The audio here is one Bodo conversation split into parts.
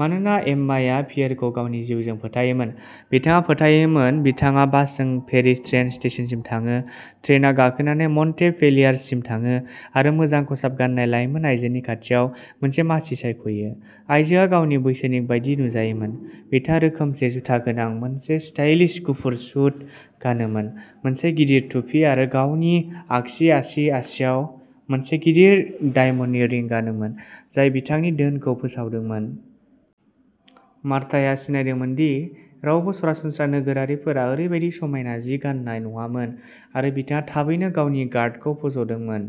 मानोना एम्माया पियेरखौ गावनि जिउजों फोथायोमोन, बिथाङाबो फोथायोमोन। बिथाङा बासजों पेरिस ट्रेन स्टेशनसिम थाङो, ट्रेनआव गाखोनानै मन्टपेलियारसिम थाङो, आरो मोजां खसाब गान्नाय लाइमोन आइजोनि खाथियाव मोनसे मासि सायख'यो। आयजोआ गावनि बैसोनि बायदि नुजायोमोन, बिथाङा रोखोमसे जुथा गोनां मोनसे स्टाइलिश गुफुर सुट गानोमोन, मोनसे गिदिर टुपि, आरो गावनि आगसि आसि आसिआव मोनसे गिदिर डायमन्डनि रिं गानोमोन जाय बिथांनि धोनखौ फोसावदोंमोन। मार्ताया सिनायदोंमोन दि रावबो सरासनस्रा नोगोरारिफोरा ओरैबायदि समायना जि गान्नाय नङामोन, आरो बिथाङा थाबैनो गावनि गार्डखौ फज'दोंमोन।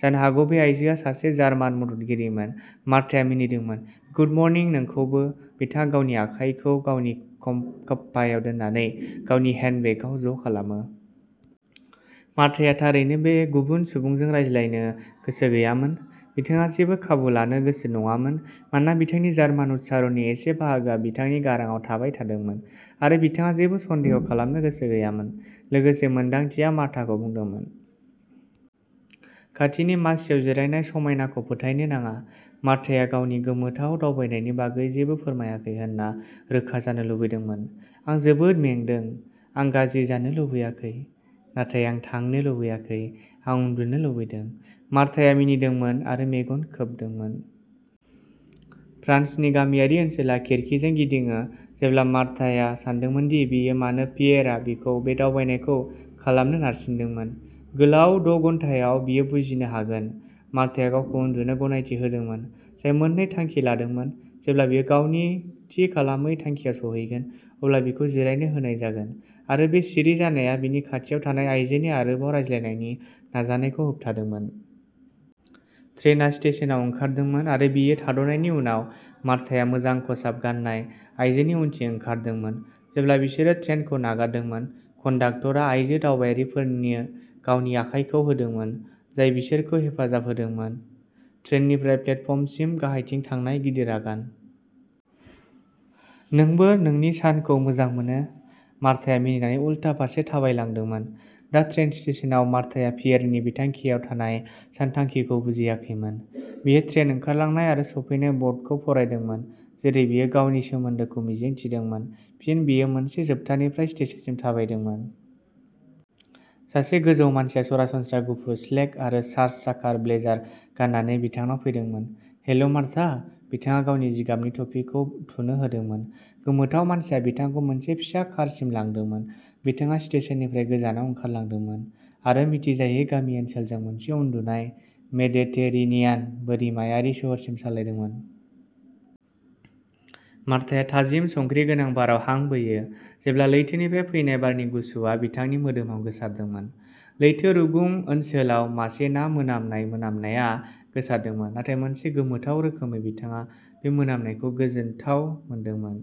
जानो हागौ बे आइजोआ सासे जार्मान मददगिरिमोन। मार्ताया मिनिदोंमोन। "गुड मर्निं, नोंखौबो।" बिथाङा गावनि आखाइखौ गावनि कप खप्पायाव दोननानै गावनि हेन्डबेगआव ज'खालामो। मार्ताया थारैनो बे गुबुन सुबुंजों रायज्लायनो गोसो गैयामोन। बिथाङा जेबो खाबु लानो गोसो नङामोन मानोना बिथांनि जार्मान उच्चारणनि एसे बाहागोआ बिथांनि गारांआव थाबाय थादोंमोन, आरो बिथाङा जेबो सन्देह खालामनो गोसो गैयामोन। लोगोसे, मोनदांथिया मार्ताखौ बुंदोंमोन। खाथिनि मासिआव जिरायनाय समायनाखौ फोथायनो नाङा। मार्ताया गावनि गोमोथाव दावबायनायनि बागै जेबो फोरमायाखै होनना रोखा जानो लुबैदोंमोन। "आं जोबोद मेंदों। आं गाज्रि जानो लुबैयाखै, नाथाय आं थांनो लुबैयाखै। आं उन्दुनो लुबैदों।" मार्ताया मिनिदोंमोन आरो मेगन खोबदोंमोन। फ्रान्सनि गामियारि ओनसोला खिरखिजों गिदिङो जेब्ला मार्ताया सानदोंमोन दि बियो मानो पियेरआ बिखौ बे दावबायनायखौ खालामनो नारसिनदोंमोन। गोलाव द'घन्टायाव, बियो बुजिनो हागोन। मार्ताया गावखौ उन्दुनो गनायथि होदोंमोन जाय मोननै थांखि लादोंमोन। जेब्ला बियो गावनि थि खालामै थांखिआव सौहैगोन अब्ला बिखौ जिरायनो होनाय जागोन, आरो बे सिरि जानाया बिनि खाथियाव थानाय आइजोनि आरोबाव रायज्लायनायनि नाजानायखौ होबथादोंमोन। ट्रेनआ स्टेशनआव ओंखारदोंमोन, आरो बेयो थाद'नायनि उनाव, मार्ताया मोजां खसाब गान्नाय आइजोनि उनथिं ओंखारदोंमोन। जेब्ला बिसोरो ट्रेनखौ नागारदोंमोन, कन्डाकटारा आयजो दावबायारिफोरनो गावनि आखायखौ होदोंमोन, जाय बिसोरखौ हेफाजाब होदोंमोन। ट्रेननिफ्राय प्लेटफर्मसिम गाहायथिं थांनाय गिदिर आगान। "नोंबो नोंनि सानखौ मोजां मोनो।" मार्ताया मिनिनानै उलथा फारसे थाबायलांदोंमोन। दा ट्रेन स्टेशनआव मार्ताया पियेरनि बिथांखियाव थानाय सानथांखिखौ बुजियाखैमोन। बियो ट्रेन ओंखारलांनाय आरो सफैनाय बर्डखौ फरायदोंमोन, जेरै बियो गावनि सोमोन्दोखौ मिजिं थिदोंमोन। फिन बियो मोनसे जोबथानिफ्राय स्टेशनसिम थाबायदोंमोन। सासे गोजौ मानसिया सरासनस्रा गुफुर स्लेक आरो सार्च-साकार ब्लेजार गाननानै बिथांनाव फैदोंमोन। "Hello, Marta." बिथाङा गावनि जिगाबनि टुपिखौ थुनो होदोंमोन। गोमोथाव मानसिया बिथांखौ मोनसे फिसा कारसिम लांदोंमोन। बिथाङा स्टेशननिफ्राय गोजानाव ओंखारलांदोंमोन आरो मिथिजायै गामि ओनसोलजों मोनसे उन्दुनाय मेडिटेरेनियान बोरिमायारि सोहोरसिम सालायदोंमोन। मार्ताया थाजिम संख्रि गोनां बाराव हां बोयो जेब्ला लैथोनिफ्राय फैनाय बारनि गुसुआ बिथांनि मोदोमाव गोसारदोंमोन। लैथो रुगुं ओनसोलाव मासे ना मोनामनाय मोनामनाया गोसारदोंमोन, नाथाय मोनसे गोमोथाव रोखोमै, बिथाङा बे मोनामनायखौ गोजोनथाव मोनदोंमोन।